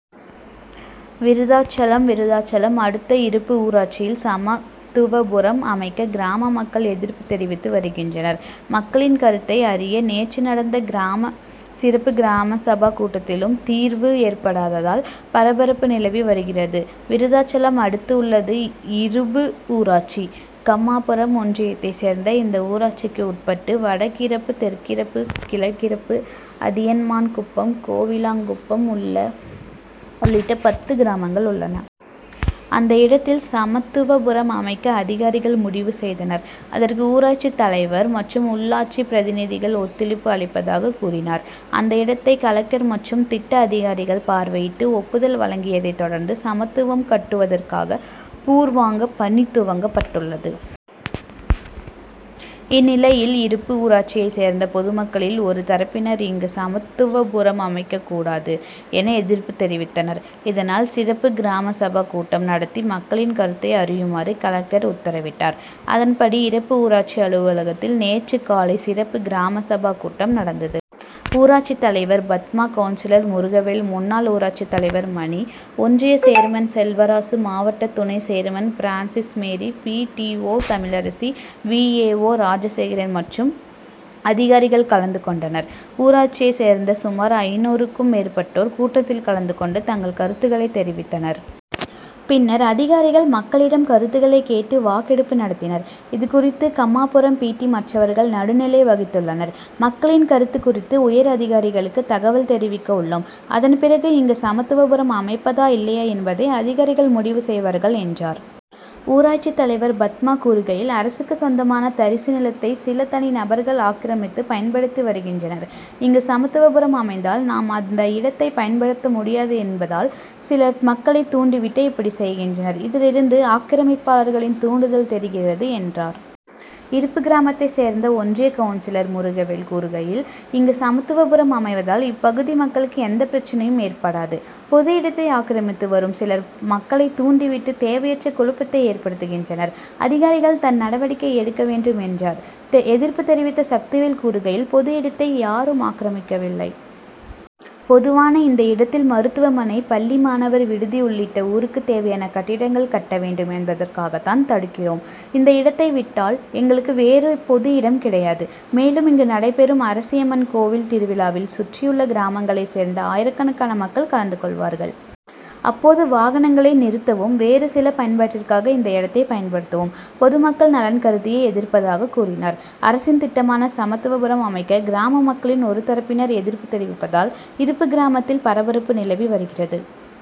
விருத்தாசலம் விருத்தாசலம் அடுத்த இருப்பு ஊராட்சியில் சமத்துவபுரம் அமைக்க கிராம மக்கள் எதிர்ப்பு தெரிவித்து வருகின்றனர். மக்களின் கருத்தை அறிய நேற்று நடந்த சிறப்பு கிராம சபா கூட்டத்திலும் தீர்வு ஏற்படாததால் பரபரப்பு நிலவி வருகிறது. விருத்தாசலம் அடுத்து உள்ளது இருப்பு ஊராட்சி. கம்மாபுரம் ஒன்றியத்தை சேர்ந்த இந்த ஊராட்சிக்கு உட்பட்டு வடக்கிருப்பு, தெற்கிருப்பு, கிழக்கிருப்பு, அதியமான்குப்பம், கோவிலாங்குப்பம் உள் ளிட்ட பத்து கிராமங்கள் உள்ளன. அந்த இடத்தில் சமத்துவபுரம் அமைக்க அதிகாரிகள் முடிவு செய்தனர். அதற்கு ஊராட்சி தலைவர் மற்றும் உள்ளாட்சி பிரதிநிதிகள் ஒத்துழைப்பு அளிப்பதாக கூறினர். அந்த இடத்தை கலெக்டர் மற்றும் திட்ட அதிகாரிகள் பார்வையிட்டு ஒப்புதல் வழங்கியதை தொடர்ந்து சமத்துவபுரம் கட்டுவதற்கான பூர் வாங்க பணி துவங்கப் பட்டுள்ளது. இந்நிலையில் இருப்பு ஊராட்சியை சேர்ந்த பொதுமக்களில் ஒரு தரப்பினர் இங்கு சமத்துவபுரம் அமைக்க கூடாது என எதிர்ப்பு தெரிவித்தனர். இதனால் சிறப்பு கிராம சபா கூட்டம் நடத்தி மக்களின் கருத்தை அறியுமாறு கலெக்டர் உத்தரவிட்டார். அதன்படி இருப்பு ஊராட்சி அலுவலகத்தில் நேற்று காலை சிறப்பு கிராம சபா கூட்டம் நடந் தது. ஊராட்சி தலைவர் பத்மா, கவுன்சிலர் முருகவேல், முன்னாள் ஊராட்சி தலைவர் மணி, ஒன்றிய சேர்மன் செல்வராசு, மாவட்ட துணை chairman Francis Mary, B. D. O., Tamilarasi, V. A. O., Rajasekaran மற்றும் அதிகாரிகள் கலந்து கொண்டனர். ஊராட்சியை சேர்ந்த சுமார் ஐந்நூறுக்கும் மேற்பட்டோர் கூட்டத்தில் கலந்து கொண்டு தங்கள் கருத்துகளை தெரிவித்தனர். பின் னர் அதிகாரிகள் மக்களிடம் கருத்துகளை கேட்டு வாக்கெடுப்பு நடத்தினர். இதுகுறித்து கம்மாபுரம் பி. டி. மற்றவர்கள் நடுநிலை வகித்துள்ளனர். மக்களின் கருத்து குறித்து உயர் அதிகாரிகளுக்கு தகவல் தெரிவிக்க உள்ளோம். அதன் பிறகு இங்கு சமத்துவபுரம் அமைப்பதா? இல்லையா என்பதை அதிகாரிகள் முடிவு செய்வார்கள் என்றார். ஊராட்சி தலைவர் பத்மா கூறுகையில், அரசுக்கு சொந்தமான தரிசு நிலத்தை சில தனி நபர்கள் ஆக்கிரமித்து பயன்படுத்தி வருகின்றனர். இங்கு சமத் துவபுரம் அமைந்தால் நாம் அந்த இடத்தை பயன்படுத்த முடியாது என்பதால் சிலர் மக்களை தூண்டிவிட்டு இப்படி செய்கின்றனர். இதிலிருந்து ஆக்கிரமிப்பாளர்களின் தூண்டுதல் தெரிகிறது என்றார். இருப்பு கிராமத்தை சேர்ந்த ஒன்றிய கவுன்சிலர் முருகவேல் கூறுகையில், இங்கு சமத்துவபுரம் அமைவதால் இப்பகுதி மக்களுக்கு எந்த பிரச்னையும் ஏற்படாது. பொது இடத்தை ஆக்கிரமித்து வரும் சிலர் மக்களை தூண்டி விட்டு தேவையற்ற குழப்பத்தை ஏற்படுத்துகின்றனர். அதிகாரிகள் தான் நடவடிக்கை எடுக்கவேண்டும் என்றார். எதிர்ப்பு தெரிவித்த சக்திவேல் கூறுகையில் பொது இடத்தை யாரும் ஆக்கிரமிக்கவில்லை. பொதுவான இந்த இடத்தில் மருத்துவமனை, பள்ளி, மாணவர் விடுதி உள்ளிட்ட ஊருக்கு தேவையான கட்டிடங்கள் கட்ட வேண்டும் என்பதற்காகதான் தடுக்கிறோம். இந்த இடத்தை விட்டால் எங்களுக்கு வேறு பொது இடம் கிடையாது. மேலும் இங்கு நடைபெறும் அரசியம்மன் கோவில் திருவிழாவில் சுற் றியுள்ள கிராமங்களை சேர்ந்த ஆயிரக்கணக்கான மக்கள் கலந்து கொள் வார்கள். அப்போது வாகனங்களை நிறுத்தவும், வேறு சில பயன்பாட் டிற்காக இந்த இடத்தை பயன்படுத்துவோம். பொதுமக்கள் நலன் கருதியே எதிர்ப்பதாக கூறினார். அரசின் திட்டமான சமத்துவபுரம் அமைக்க கிராம மக்களில் ஒரு தரப்பினர் எதிர்ப்பு தெரிவிப்பதால் இருப்பு கிராமத்தில் பரபரப்பு நிலவி வருகிறது.